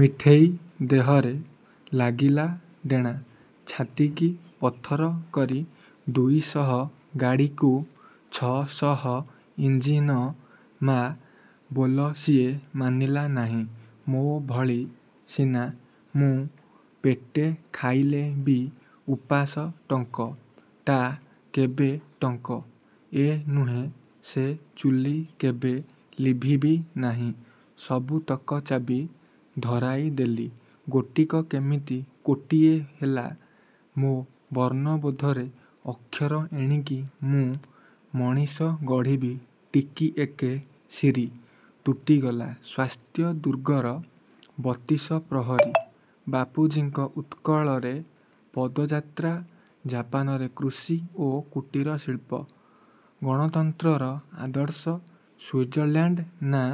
ମିଠେଇ ଦେହରେ ଲାଗିଲା ଡେଣା ଛାତିକି ପଥର କରି ଦୁଇଶହ ଗାଡ଼ିକୁ ଛ'ଶହ ଇଞ୍ଜି ନ ମା' ବୋଲ ସିଏ ମାନିଲା ନାହିଁ ମୋ ଭଳି ସିନା ମୁଁ ପେଟେ ଖାଇଲେ ବି ଉପାସ ଟଙ୍କ। ଟା କେବେ ଟଙ୍କ। ଏ ନୁହେଁ ସେ ଚୁଲି କେବେ ଲିଭିବି ନାହିଁ ସବୁତକ ଚାବି ଧରାଇ ଦେଲି ଗୋଟିକ କେମିତି କୋଟିଏ ହେଲା ମୋ ବର୍ଣ୍ଣବୋଧରେ ଅକ୍ଷର ଏଣିକି ମୁଁ ମଣିଷ ଗଢ଼ିବି ଟିକିଏକେ ଶିରୀ ତୁଟିଗଲା ସ୍ୱାସ୍ଥ୍ୟ ଦୁର୍ଗର ବତିଶ ପ୍ରହରୀ ବାପୁଜୀଙ୍କ ଉତ୍କଳରେ ପଦଯାତ୍ରା ଜାପାନରେ କୃଷି ଓ କୁଟୀର ଶିଳ୍ପ ଗଣତନ୍ତ୍ରର ଆଦର୍ଶ ସୁଇଜରଲ୍ୟାଣ୍ଡ ନାଁ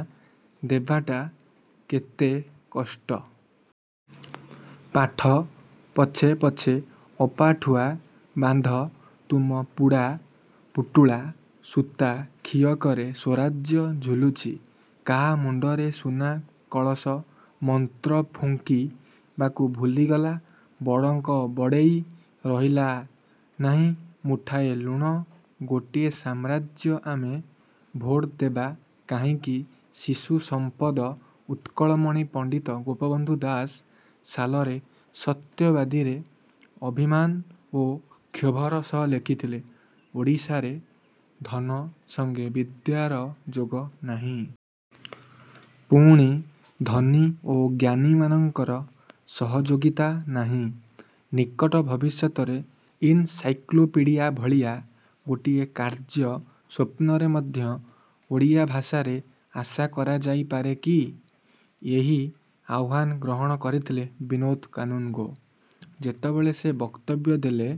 ଦେବାଟା କେତେ କଷ୍ଟ! ପାଠ ପଛେ ପଛେ ଅପାଠୁଆ ବାନ୍ଧ ତୁମ ପୁଡ଼ା ପୁଟୁଳା ସୂତା ଖିଅକରେ ସ୍ୱରାଜ୍ୟ ଝୁଲୁଛି କାହା ମୁଣ୍ଡରେ ସୁନା କଳସ ମନ୍ତ୍ର ଫୁଙ୍କି ବାକୁ ଭୁଲିଗଲା ବଡ଼ଙ୍କ ବଡେ଼ଇ ରହିଲା ନାହିଁ ମୁଠାଏ ଲୁଣ ଗୋଟିଏ ସାମ୍ରାଜ୍ୟ ଆମେ ଭୋଟ ଦେବା କାହିଁକି ଶିଶୁ ସମ୍ପଦ ଉତ୍କଳମଣି ପଣ୍ଡିତ ଗୋପବନ୍ଧୁ ଦାସ ସାଲରେ " ସତ୍ୟବାଦୀ "ରେ ଅଭିମାନ ଓ କ୍ଷୋଭର ସହ ଲେଖିଥିଲେ, ଓଡ଼ିଶାରେ ଧନ ସଙ୍ଗେ ବିଦ୍ୟାର ଯୋଗ ନାହିଁ। ପୁଣି ଧନୀ ଓ ଜ୍ଞାନୀମାନଙ୍କର ସହଯୋଗିତା ନାହିଁ ନିକଟ ଭବିଷ୍ୟତରେ ଇନସାଇକ୍ଲୋପିଡ଼ିଆ ଭଳିଆ ଗୋଟିଏ କାର୍ଯ୍ୟ ସ୍ୱପ୍ନରେ ମଧ୍ୟ ଓଡ଼ିଆ ଭାଷାରେ ଆଶା କରାଯାଇପାରେ କି? ଏହି ଆହ୍ୱାନ ଗ୍ରହଣ କରିଥିଲେ ବିନୋଦ କାନୁନଗୋ, ଯେତେବେଳେ ସେ ବକ୍ତବ୍ୟ ଦେଲେ,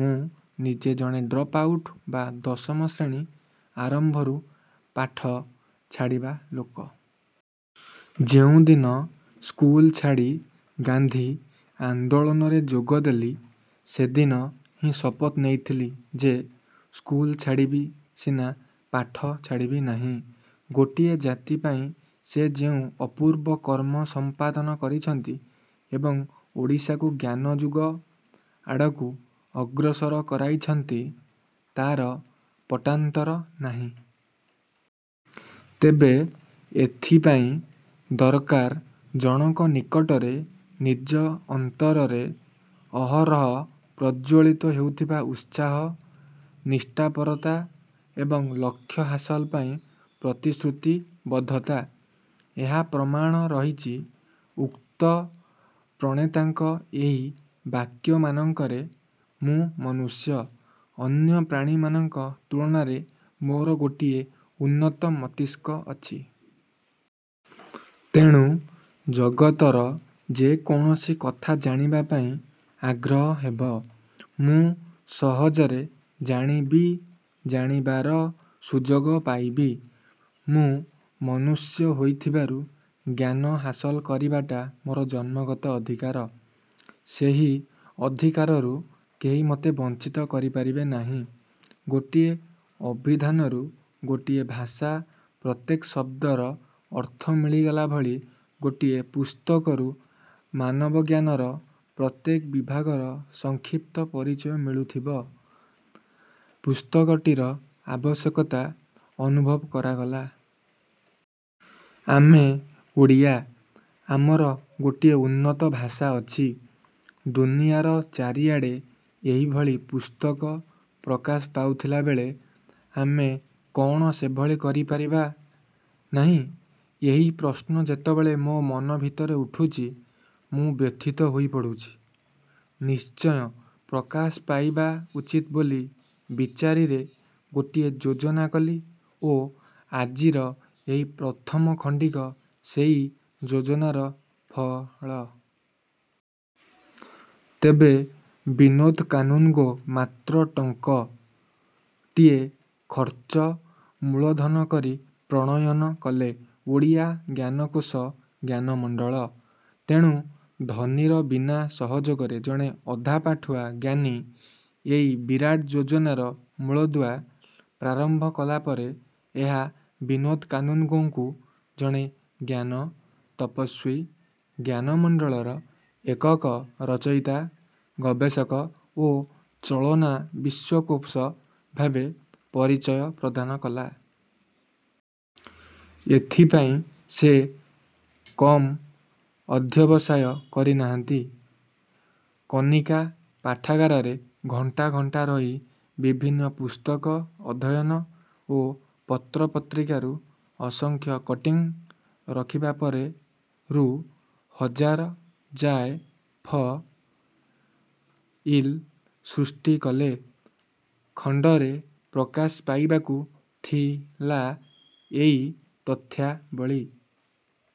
ମୁଁ ନିଜେ ଜଣେ ଡ୍ରପ ଆଉଟ ବା ଦଶମ ଶ୍ରେଣୀ ଆରମ୍ଭରୁ ପାଠ ଛାଡ଼ିବା ଲୋକ। ଯେଉଁଦିନ ସ୍କୁଲ ଛାଡ଼ି ଗାନ୍ଧୀ ଆନ୍ଦୋଳନରେ ଯୋଗ ଦେଲି ସେଦିନ ହିଁ ଶପଥ ନେଇଥିଲି ଯେ, ସ୍କୁଲ ଛାଡ଼ିବି ସିନା, ପାଠ ଛାଡ଼ିବି ନାହିଁ। ଗୋଟିଏ ଜାତି ପାଇଁ ସେ ଯେଉଁ ଅପୂର୍ବ କର୍ମ ସଂପାଦନ କରିଛନ୍ତି ଏବଂ ଓଡ଼ିଶାକୁ ଜ୍ଞାନ-ଯୁଗ ଆଡ଼କୁ ଅଗ୍ରସର କରାଇଛନ୍ତି, ତାର ପଟାନ୍ତର ନାହିଁ। ତେବେ ଏଥିପାଇଁ ଦରକାର ଜଣକ ନିକଟରେ ନିଜ ଅନ୍ତରରେ ଅହରହ ପ୍ରଜ୍ୱଳିତ ହେଉଥିବା ଉତ୍ସାହ, ନିଷ୍ଠାପରତା ଏବଂ ଲକ୍ଷ୍ୟ ହାସଲ ପାଇଁ ପ୍ରତିଶ୍ରୁତି ବଦ୍ଧତା। ଏହାର ପ୍ରମାଣ ରହିଛି ଉକ୍ତ ପ୍ରଣେତାଙ୍କ ଏଇ ବାକ୍ୟମାନଙ୍କରେ, ମୁଁ ମନୁଷ୍ୟ। ଅନ୍ୟ ପ୍ରାଣୀମାନଙ୍କ ତୁଳନାରେ ମୋର ଗୋଟିଏ ଉନ୍ନତ ମସ୍ତିଷ୍କ ଅଛି। ତେଣୁ ଜଗତର ଯେ କୌଣସି କଥା ଜାଣିବା ପାଇଁ ଆଗ୍ରହ ହେବ। ମୁଁ ସହଜରେ ଜାଣିବି-ଜାଣିବାର ସୁଯୋଗ ପାଇବି। ମୁଁ ମନୁଷ୍ୟ ହୋଇଥିବାରୁ ଜ୍ଞାନ ହାସଲ କରିବାଟା ମୋର ଜନ୍ମଗତ ଅଧିକାର। ସେହି ଅଧିକାରରୁ କେହି ମୋତେ ବଞ୍ଚିତ କରିପାରିବେ ନାହିଁ। ଗୋଟିଏ ଅଭିଧାନରୁ ଗୋଟିଏ ଭାଷାର ପ୍ରତ୍ୟେକ ଶବ୍ଦର ଅର୍ଥ ମିଳିଗଲା ଭଳି ଗୋଟିଏ ପୁସ୍ତକରୁ ମାନବ ଜ୍ଞାନର ପ୍ରତ୍ୟେକ ବିଭାଗର ସଂକ୍ଷିପ୍ତ ପରିଚୟ ମିଳୁଥିବା ପୁସ୍ତକଟିର ଆବଶ୍ୟକତା ଅନୁଭବ କରାଗଲା ଆମେ ଓଡ଼ିଆ। ଆମର ଗୋଟିଏ ଉନ୍ନତ ଭାଷା ଅଛି। ଦୁନିଆର ଚାରିଆଡେ଼ ଏହି ଭଳି ପୁସ୍ତକ ପ୍ରକାଶ ପାଉଥିଲା ବେଳେ ଆମେ କଣ ସେଭଳି କରି ପାରିବା ନାହିଁ? ଏହି ପ୍ରଶ୍ନ ଯେତେବେଳେ ମୋ ମନ ଭିତରେ ଉଠିଛି, ମୁଁ ବ୍ୟଥିତ ହୋଇ ପଡ଼ିଛି ନିଶ୍ଚୟ ପ୍ରକାଶ ପାଇବା ଉଚିତ ବୋଲି ବିଚାରି ରେ ଗୋଟିଏ ଯୋଜନା କଲି ଓ ଆଜିର ଏହି ପ୍ରଥମ ଖଣ୍ଡିକ ସେଇ ଯୋଜନାର ଫ ଳ।। ତେବେ ବିନୋଦ କାନୁନଗୋ ମାତ୍ର ଟଙ୍କ। ଟିଏ ଖର୍ଚ୍ଚ ମୂଳଧନ କରି ପ୍ରଣୟନ କଲେ ଓଡ଼ିଆ ଜ୍ଞାନକୋଷ ଜ୍ଞାନମଣ୍ଡଳ। ତେଣୁ ଧନୀର ବିନା ସହଯୋଗରେ ଜଣେ ଅଧାପାଠୁଆ ଜ୍ଞାନୀ ଏଇ ବିରାଟ ଯୋଜନାର ମୂଳଦୁଆ ପ୍ରାରମ୍ଭ କଲାପରେ ଏହା ବିନୋଦ କାନୁନଗୋଙ୍କୁ ଜଣେ ଜ୍ଞାନ-ତପସ୍ୱୀ, ଜ୍ଞାନ ମଣ୍ଡଳର ଏକକ ରଚୟିତା, ଗବେଷକ ଓ ଚଳମାନ ବିଶ୍ୱକୋଷ ଭାବେ ପରିଚୟ ପ୍ରଦାନ କଲା। ଏଥିପାଇଁ ସେ କମ ଅଧ୍ୟବସାୟ କରିନାହାନ୍ତି। କନିକା ପାଠାଗାରରେ ଘଣ୍ଟା ଘଣ୍ଟା ରହି ବିଭିନ୍ନ ପୁସ୍ତକ ଅଧ୍ୟୟନ ଓ ପତ୍ର ପତ୍ରିକାରୁ ଅସଂଖ୍ୟ କଟିଂ ରଖିବା ପରେ ରୁ ହଜାର ଯାଏ ଫ। ଇଲ ସୃଷ୍ଟି କଲେ। ଖଣ୍ଡରେ ପ୍ରକାଶ ପାଇବାକୁ ଥି ଲା ଏଇ ତଥ୍ୟାବଳୀ।